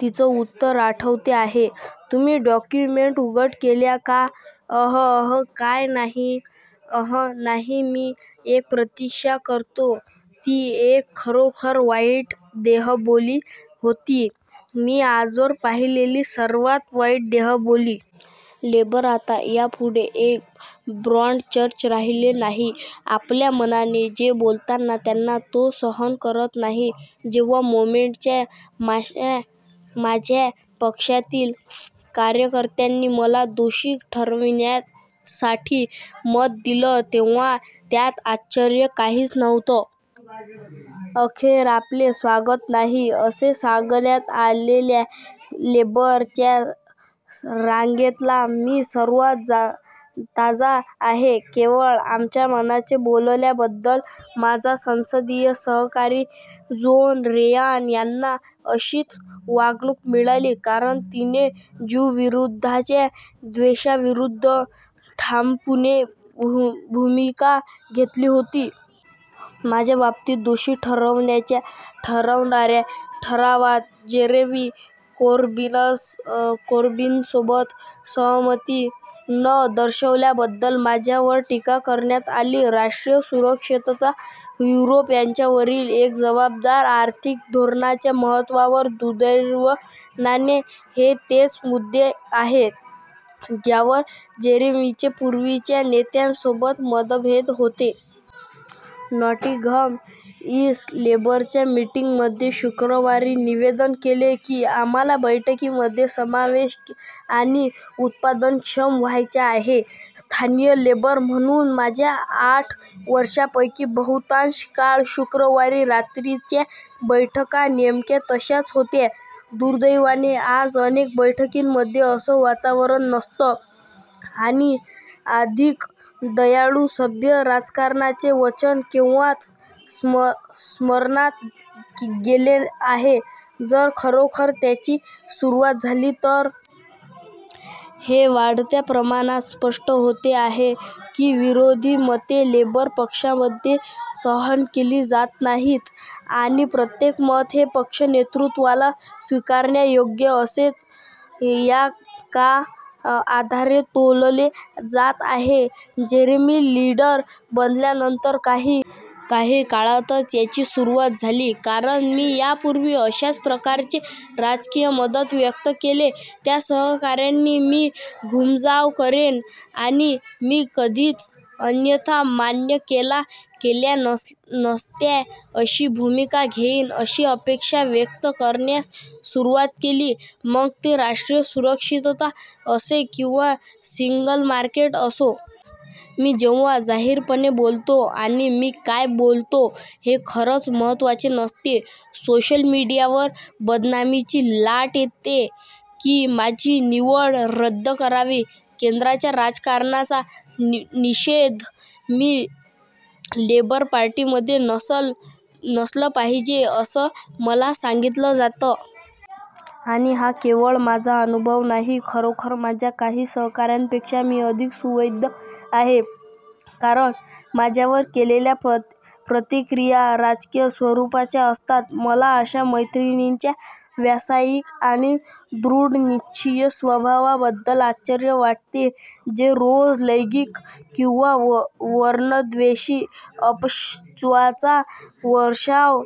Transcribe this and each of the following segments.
तिचं उत्तर आठवते आहे? तुम्ही डॉक्युमेंट उघड केले का? अह, अह, काय. नाही, अह नाही, मी एक प्रतीक्षा करतो – ती एक खरोखर वाईट देह बोली होती – मी आजवर पाहिलेली सर्वात वाईट देह बोली. " लेबर आता यापुढे एक ब्रॉड चर्च राहिलेला नाही. आपल्या मनाने जे बोलतात त्यांना तो सहन करत नाही जेव्हा मोमेन्टमच्या माझ्या पक्षातील कार्यकर्त्यांनी मला दोषी ठरविण्यासाठी मत दिलं, तेव्हा त्यात आश्चर्य काहीच नव्हतं. अखेर, आपले स्वागत नाही असे सांगण्यात आलेल्या लेबर च्या रांगेतला मी सर्वात ताजा आहे – केवळ आमच्या मनाचे बोलल्याबद्दल. माझ्या संसदीय सहकारी जोन रेयान यांना अशीच वागणूक मिळाली कारण तिने ज्यूंविरुद्धच्या द्वेषाविरुद्ध ठामपणे भूमिका घेतली होती. माझ्या बाबतीत, दोषी ठरवणाऱ्या ठरावात जेरेमी कोरबिनसोबत सहमती न दर्शवल्याबद्दल माझ्यावर टीका करण्यात आली. राष्ट्रीय सुरक्षितता, युरोप यांच्यावरील एका जबाबदार आर्थिक धोरणाच्या महत्वावर, दुर्दैवाने हे तेच मुद्दे आहेत ज्यावर जेरेमीचे पूर्वीच्या नेत्यांसोबत मतभेद होते. नॉटिंघम ईस्ट लेबरच्या मीटिंगमध्ये शुक्रवारी निवेदन केले की "आम्हाला बैठकांमध्ये समावेशक आणि उत्पादनक्षम व्हायचे आहे. " स्थानिक लेबर म्हणून माझ्या आठ वर्षांपैकी बहुतांश काळ, शुक्रवारी रात्रीच्या बैठका नेमक्या तशाच होत्या. दुर्दैवाने आज, अनेक बैठकींमध्ये असं वातावरण नसतं आणि "अधिक दयाळू, सभ्य," राजकारणाचे वचन केव्हाच विस्मरणात गेले आहे जर, खरोखर त्याची सुरुवात झाली तर. हे वाढत्या प्रमाणात स्पष्ट होते आहे की विरोधी मते लेबर पक्षामध्ये सहन केली जात नाहीत आणि प्रत्येक मत हे पक्ष नेतृत्वाला स्विकारण्यायोग्य असेल का या आधारे तोलले जात आहे. जेरेमी लिडर बनल्यानंतर काही काळातच याची सुरुवात झाली, कारण मी यापूर्वी अशाच प्रकारचे राजकीय मत व्यक्त केले त्या सहकाऱ्यांनी मी घूमजाव करेन आणि मी कधीच अन्यथा मान्य केल्या नसत्या अशी भूमिका घेईन अशी अपेक्षा व्यक्त करण्यास सुरुवात केली – मग ते राष्ट्रीय सुरक्षितता असो किंवा सिंगल मार्केट असो. मी जेव्हा जाहीरपणे बोलतो – आणि मी काय बोलतो हे खरंच महत्वाचे नसते – सोशल मीडियावर बदनामीची लाट येते की माझी निवड रद्द करावी, केंद्राच्या राजकारणाचा निषेध, मी लेबर पार्टीमध्ये नसलं पाहिजे असं मला सांगितलं जातं. आणि हा केवळ माझा अनुभव नाही. खरोखर, माझ्या काही सहकाऱ्यांपेक्षा मी अधिक सुदैवी आहे कारण माझ्यावर केलेल्या प्रतिक्रिया राजकीय स्वरुपाच्या असतात. मला अशा मैत्रिणींच्या व्यावसायिक आणि दृढनिश्चयी स्वभावाबद्दल आश्चर्य वाटते, जे रोज लैंगिक किंवा वर्णद्वेषी अपशब्दांचा वर्षाव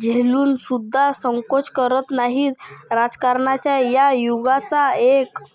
झेलून सुद्धा संकोच करत नाहीत. राजकारणाच्या या युगाचा एक